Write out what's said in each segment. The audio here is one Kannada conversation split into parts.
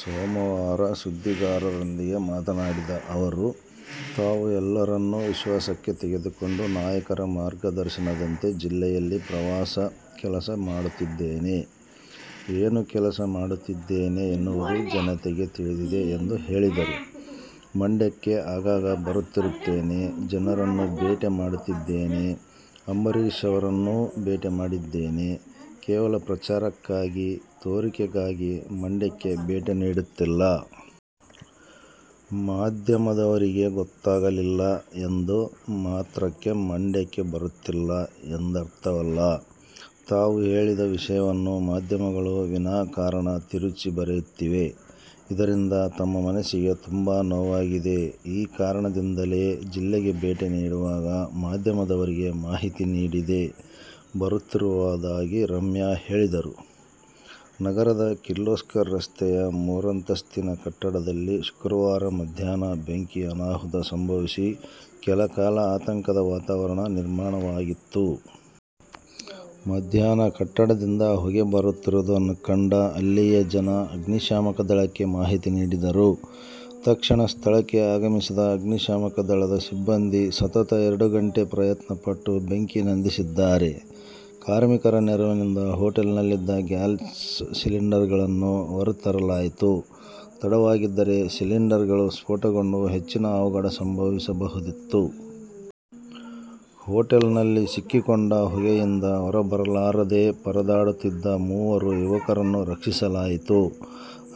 ಸೋಮವಾರ ಸುದ್ದಿಗಾರರೊಂದಿಗೆ ಮಾತನಾಡಿದ ಅವರು, ತಾವು ಎಲ್ಲರನ್ನೂ ವಿಶ್ವಾಸಕ್ಕೆ ತೆಗೆದುಕೊಂಡು ನಾಯಕರ ಮಾರ್ಗದರ್ಶನದಂತೆ ಜಿಲ್ಲೆಯಲ್ಲಿ ಪ್ರವಾಸ, ಕೆಲಸ ಮಾಡುತ್ತಿದ್ದೇನೆ. ಏನು ಕೆಲಸ ಮಾಡುತ್ತಿದ್ದೇನೆ ಎನ್ನುವುದು ಜನತೆಗೆ ತಿಳಿದಿದೆ ಎಂದು ಹೇಳಿದರು. ಮಂಡ್ಯಕ್ಕೆ ಆಗಾಗ ಬರುತ್ತಿರುತ್ತೇನೆ. ಜನರನ್ನು ಭೇಟಿ ಮಾಡುತ್ತಿದ್ದೇನೆ. ಅಂಬರೀಶ್ ಅವರನ್ನೂ ಭೇಟಿ ಮಾಡಿದ್ದೇನೆ. ಕೇವಲ ಪ್ರಚಾರಕ್ಕಾಗಿ, ತೋರಿಕೆಗಾಗಿ ಮಂಡ್ಯಕ್ಕೆ ಭೇಟಿ ನೀಡುತ್ತಿಲ್ಲ. ಮಾಧ್ಯಮದವರಿಗೆ ಗೊತ್ತಾಗಲಿಲ್ಲ ಎಂದ ಮಾತ್ರಕ್ಕೆ ಮಂಡ್ಯಕ್ಕೆ ಬರುತ್ತಿಲ್ಲ ಎಂದರ್ಥವಲ್ಲ. ತಾವು ಹೇಳಿದ ವಿಷಯವನ್ನು ಮಾಧ್ಯಮಗಳು ವಿನಾ ಕಾರಣ ತಿರುಚಿ ಬರೆಯುತ್ತಿವೆ. ಇದರಿಂದ ತಮ್ಮ ಮನಸ್ಸಿಗೆ ತುಂಬಾ ನೋವಾಗಿದೆ. ಈ ಕಾರಣದಿಂಲೇ ಜಿಲ್ಲೆಗೆ ಭೇಟಿ ನೀಡುವಾಗ ಮಾಧ್ಯಮದವರಿಗೆ ಮಾಹಿತಿ ನೀಡದೆ ಬರುತ್ತಿರುವುದಾಗಿ ರಮ್ಯಾ ಹೇಳಿದರು. ನಗರದ ಕಿರ್ಲೋಸ್ಕರ್ ರಸ್ತೆಯ ಮೂರಂತಸ್ತಿನ ಕಟ್ಟಡದಲ್ಲಿ ಶುಕ್ರವಾರ ಮಧ್ಯಾಹ್ನ ಬೆಂಕಿ ಅನಾಹುತ ಸಂಭವಿಸಿ ಕೆಲ ಕಾಲ ಆತಂಕದ ವಾತಾವರಣ ನಿರ್ಮಾಣವಾಗಿತ್ತು. ಮಧ್ಯಾಹ್ನ ಕಟ್ಟಡದಿಂದ ಹೊಗೆ ಬರುತ್ತಿರುವುದನ್ನು ಕಂಡ ಅಲ್ಲಿಯ ಜನ ಅಗ್ನಿಶಾಮಕ ದಳಕ್ಕೆ ಮಾಹಿತಿ ನೀಡಿದರು. ತಕ್ಷಣ ಸ್ಥಳಕ್ಕೆ ಆಗಮಿಸಿದ ಅಗ್ನಿಶಾಮಕ ದಳದ ಸಿಬ್ಬಂದಿ ಸತತ ಎರಡು ಗಂಟೆ ಪ್ರಯತ್ನ ಪಟ್ಟು ಬೆಂಕಿ ನಂದಿಸಿದ್ದಾರೆ. ಕಾರ್ಮಿಕರ ನೆರವಿನಿಂದ ಹೊಟೇಲ್ನಲ್ಲಿದ್ದ ಗ್ಯಾಸ್ ಸಿಲಿಂಡರ್ಗಳನ್ನು ಹೊರ ತರಲಾಯಿತು. ತಡವಾಗಿದ್ದರೆ ಸಿಲಿಂಡರ್ಗಳು ಸ್ಫೋಟಗೊಂಡು ಹೆಚ್ಚಿನ ಅವಘಡ ಸಂಭವಿಸಬಹುದಿತ್ತು. ಹೊಟೇಲ್ನಲ್ಲಿ ಸಿಕ್ಕಿಕೊಂಡು ಹೊಗೆಯಿಂದ ಹೊರ ಬರಲಾರದೇ ಪರದಾಡುತ್ತಿದ್ದ ಮೂವರು ಯುವಕರನ್ನು ರಕ್ಷಿಸಲಾಯಿತು.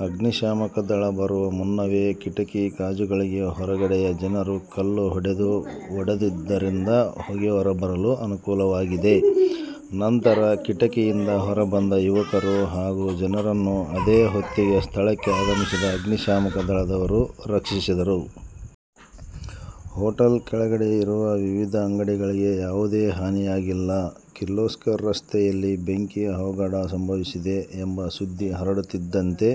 ಅಗ್ನಿ ಶಾಮಕ ದಳ ಬರುವ ಮುನ್ನವೇ ಕಿಟಕಿ ಗಾಜುಗಳಿಗೆ ಹೊರಗಡೆಯ ಜನರು ಕಲ್ಲು ಹೊಡೆದು ಒಡೆದಿದ್ದರಿಂದ ಹೊಗೆ ಹೊರಬರಲು ಅನುಕೂಲವಾಗಿದೆ. ನಂತರ ಕಿಟಕಿಯಿಂದ ಹೊರಬಂದ ಯುವಕರು ಹಾಗೂ ಜನರನ್ನು ಅದೇ ಹೊತ್ತಿಗೆ ಸ್ಥಳಕ್ಕೆ ಆಗಮಿಸಿದ ಅಗ್ನಿಶಾಮಕ ದಳದವರು ರಕ್ಷಿಸಿದರು. ಹೊಟೇಲ್ ಕೆಳಗಡೆ ಇರುವ ವಿವಿಧ ಅಂಗಡಿಗಳಿಗೆ ಯಾವುದೇ ಹಾನಿಯಾಗಿಲ್ಲ. ಕಿರ್ಲೋಸ್ಕರ್ ರಸ್ತೆಯಲ್ಲಿ ಬೆಂಕಿ ಅವಘಡ ಸಂಭವಿಸಿದೆ ಎಂಬ ಸುದ್ದಿ ಹರಡುತ್ತಿದ್ದಂತೆ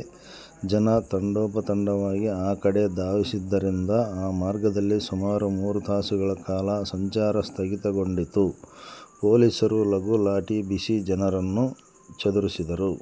ಜನ ತಂಡೋಪ ತಂಡವಾಗಿ ಆ ಕಡೆ ಧಾವಿಸಿದ್ದರಿಂದ ಆ ಮಾರ್ಗದಲ್ಲಿ ಸುಮಾರು ಮೂರು ತಾಸುಗಳ ಕಾಲ ಸಂಚಾರ ಸ್ಥಗಿತಗೊಂಡಿತು. ಪೊಲೀಸರು ಲಘು ಲಾಠಿ ಬೀಸಿ ಜನರನ್ನು ಚದುರಿಸಿದರು.